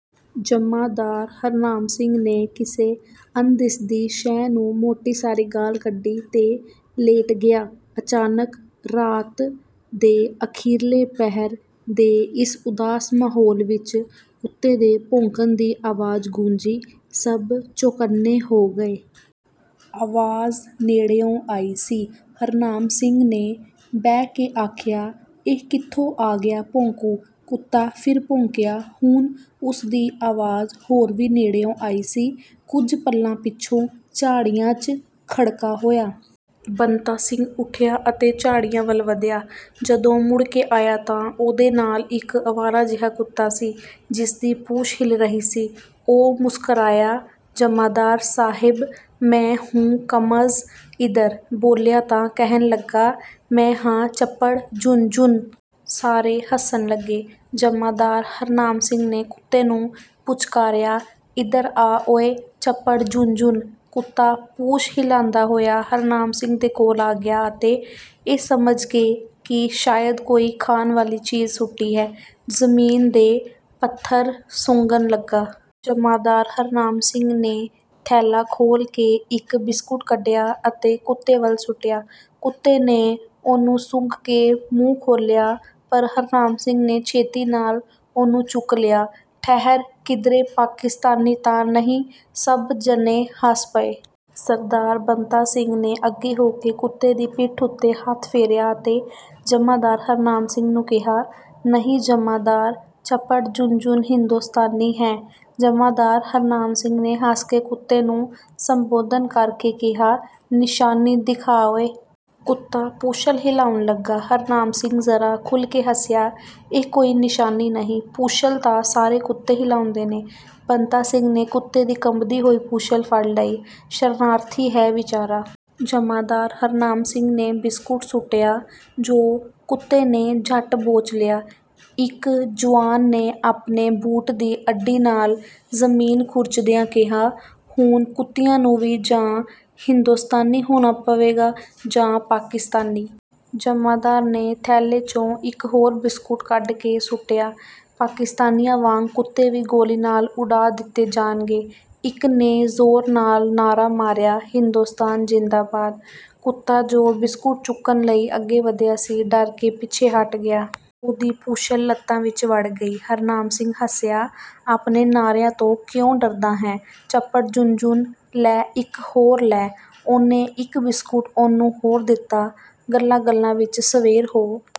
ਜਮਾਂਦਾਰ ਹਰਨਾਮ ਸਿੰਘ ਨੇ ਕਿਸੇ ਅਣਦਿਸਦੀ ਸ਼ੈਅ ਨੂੰ ਮੋਟੀ ਸਾਰੀ ਗਾਲ੍ਹ ਕੱਢੀ ਤੇ ਲੇਟ ਗਿਆ। ਅਚਾਨਕ ਰਾਤ ਦੇ ਅਖੀਰਲੇ ਪਹਿਰ ਦੇ ਇਸ ਉਦਾਸ ਮਾਹੌਲ ਵਿਚ ਕੁੱਤੇ ਦੇ ਭੌਂਕਣ ਦੀ ਆਵਾਜ਼ ਗੂੰਜੀ। ਸਭ ਚੌਕੰਨੇ ਹੋ ਗਏ। ਆਵਾਜ਼ ਨੇੜਿਓਂ ਆਈ ਸੀ। ਹਰਨਾਮ ਸਿੰਘ ਨੇ ਬਹਿ ਕੇ ਆਖਿਆ, "ਇਹ ਕਿਥੋਂ ਆ ਗਿਆ ਭੌਂਕੂ?" ਕੁੱਤਾ ਫਿਰ ਭੌਂਕਿਆ। ਹੁਣ ਉਸ ਦੀ ਆਵਾਜ਼ ਹੋਰ ਵੀ ਨੇੜਿਓਂ ਆਈ ਸੀ। ਕੁੱਝ ਪਲਾਂ ਪਿਛੋਂ ਝਾੜੀਆਂ 'ਚ ਖੜਕਾ ਹੋਇਆ। ਬੰਤਾ ਸਿੰਘ ਉਠਿਆ ਅਤੇ ਝਾੜੀਆਂ ਵੱਲ ਵਧਿਆ। ਜਦੋਂ ਮੁੜ ਕੇ ਆਇਆ ਤਾਂ ਉਹਦੇ ਨਾਲ ਇਕ ਅਵਾਰਾ ਜਿਹਾ ਕੁੱਤਾ ਸੀ, ਜਿਸਦੀ ਪੂਛ ਹਿੱਲ ਰਹੀ ਸੀ। ਉਹ ਮੁਸਕਰਾਇਆ, "ਜਮਾਂਦਾਰ ਸਾਹਿਬ! ਮੈਂ 'ਹੂ ਕਮਜ਼ ਇਧਰ' ਬੋਲਿਆ ਤਾਂ ਕਹਿਣ ਲੱਗਾ, ਮੈਂ ਹਾਂ ਚਪੜਝੁਣਝੁਣ।" ਸਾਰੇ ਹੱਸਣ ਲੱਗੇ। ਜਮਾਂਦਾਰ ਹਰਨਾਮ ਸਿੰਘ ਨੇ ਕੁੱਤੇ ਨੂੰ ਪੁਚਕਾਰਿਆ, "ਇਧਰ ਆ ਓਏ ਚਪੜਝੁਣਝੁਣ।" ਕੁੱਤਾ ਪੂਛ ਹਿਲਾਂਦਾ ਹੋਇਆ ਹਰਨਾਮ ਸਿੰਘ ਦੇ ਕੋਲ ਆ ਗਿਆ ਅਤੇ ਇਹ ਸਮਝ ਕੇ ਕਿ ਸ਼ਾਇਦ ਕੋਈ ਖਾਣ ਵਾਲੀ ਚੀਜ਼ ਸੁੱਟੀ ਹੈ, ਜ਼ਮੀਨ ਦੇ ਪੱਥਰ ਸੁੰਘਣ ਲੱਗਾ। ਜਮਾਂਦਾਰ ਹਰਨਾਮ ਸਿੰਘ ਨੇ ਥੈਲਾ ਖੋਲ੍ਹ ਕੇ ਇਕ ਬਿਸਕੁਟ ਕੱਢਿਆ ਅਤੇ ਕੁੱਤੇ ਵੱਲ ਸੁੱਟਿਆ। ਕੁੱਤੇ ਨੇ ਉਹਨੂੰ ਸੁੰਘ ਕੇ ਮੂੰਹ ਖੋਲ੍ਹਿਆ, ਪਰ ਹਰਨਾਮ ਸਿੰਘ ਨੇ ਛੇਤੀ ਨਾਲ ਉਹਨੂੰ ਚੁੱਕ ਲਿਆ। ਠਹਿਰ, ਕਿਧਰੇ ਪਾਕਿਸਤਾਨੀ ਤਾਂ ਨਹੀਂ, ਸਭ ਜਣੇ ਹੱਸ ਪਏ। ਸਰਦਾਰ ਬੰਤਾ ਸਿੰਘ ਨੇ ਅੱਗੇ ਹੋ ਕੇ ਕੁੱਤੇ ਦੀ ਪਿੱਠ ਉਤੇ ਹੱਥ ਫੇਰਿਆ ਅਤੇ ਜਮਾਂਦਾਰ ਹਰਨਾਮ ਸਿੰਘ ਨੂੰ ਕਿਹਾ, "ਨਹੀਂ ਜਮਾਂਦਾਰ, ਚਪੜਝੁਣਝੁਣ ਹਿੰਦੋਸਤਾਨੀ ਹੈ।" ਜਮਾਂਦਾਰ ਹਰਨਾਮ ਸਿੰਘ ਨੇ ਹੱਸ ਕੇ ਕੁੱਤੇ ਨੂੰ ਸੰਬੋਧਨ ਕਰ ਕੇ ਕਿਹਾ, "ਨਿਸ਼ਾਨੀ ਦਿਖਾ ਓਏ?" ਕੁੱਤਾ ਪੂਛਲ ਹਿਲਾਉਣ ਲੱਗਾ। ਹਰਨਾਮ ਸਿੰਘ ਜ਼ਰਾ ਖੁੱਲ੍ਹ ਕੇ ਹੱਸਿਆ। "ਇਹ ਕੋਈ ਨਿਸ਼ਾਨੀ ਨਹੀਂ, ਪੂਛਲ ਤਾਂ ਸਾਰੇ ਕੁੱਤੇ ਹਿਲਾਉਂਦੇ ਨੇ।" ਬੰਤਾ ਸਿੰਘ ਨੇ ਕੁੱਤੇ ਦੀ ਕੰਬਦੀ ਹੋਈ ਪੂਛਲ ਫੜ ਲਈ। "ਸ਼ਰਨਾਰਥੀ ਹੈ ਵਿਚਾਰਾ!" ਜਮਾਂਦਾਰ ਹਰਨਾਮ ਸਿੰਘ ਨੇ ਬਿਸਕੁਟ ਸੁੱਟਿਆ, ਜੋ ਕੁੱਤੇ ਨੇ ਝੱਟ ਬੋਚ ਲਿਆ। ਇਕ ਜੁਆਨ ਨੇ ਆਪਣੇ ਬੂਟ ਦੀ ਅੱਡੀ ਨਾਲ ਜ਼ਮੀਨ ਖੁਰਚਦਿਆਂ ਕਿਹਾ, "ਹੁਣ ਕੁੱਤਿਆਂ ਨੂੰ ਵੀ ਜਾਂ ਹਿੰਦੋਸਤਾਨੀ ਹੋਣਾ ਪਵੇਗਾ ਜਾਂ ਪਾਕਿਸਤਾਨੀ!" ਜਮਾਂਦਾਰ ਨੇ ਥੈਲੇ ਚੋਂ ਇਕ ਹੋਰ ਬਿਸਕੁਟ ਕੱਢ ਕੇ ਸੁੱਟਿਆ, "ਪਾਕਿਸਤਾਨੀਆਂ ਵਾਂਗ ਕੁੱਤੇ ਵੀ ਗੋਲੀ ਨਾਲ ਉਡਾ ਦਿੱਤੇ ਜਾਣਗੇ।" ਇਕ ਨੇ ਜ਼ੋਰ ਨਾਲ ਨਾਅਰਾ ਮਾਰਿਆ, "ਹਿੰਦੋਸਤਾਨ ਜ਼ਿੰਦਾਬਾਦ।" ਕੁੱਤਾ ਜੋ ਬਿਸਕੁਟ ਚੁੱਕਣ ਲਈ ਅੱਗੇ ਵਧਿਆ ਸੀ, ਡਰ ਕੇ ਪਿੱਛੇ ਹਟ ਗਿਆ। ਉਹਦੀ ਪੂਛਲ ਲੱਤਾਂ ਵਿਚ ਵੜ ਗਈ। ਹਰਨਾਮ ਸਿੰਘ ਹੱਸਿਆ, "ਆਪਣੇ ਨਾਅਰਿਆਂ ਤੋਂ ਕਿਓਂ ਡਰਦਾ ਹੈਂ ਚਪੜਝੁਣਝੁਣ, ਲੈ ਇਕ ਹੋਰ ਲੈ।" ਉਹਨੇ ਇਕ ਬਿਸਕੁਟ ਉਹਨੂੰ ਹੋਰ ਦਿੱਤਾ। ਗੱਲਾਂ-ਗੱਲਾਂ ਵਿਚ ਸਵੇਰ ਹੋ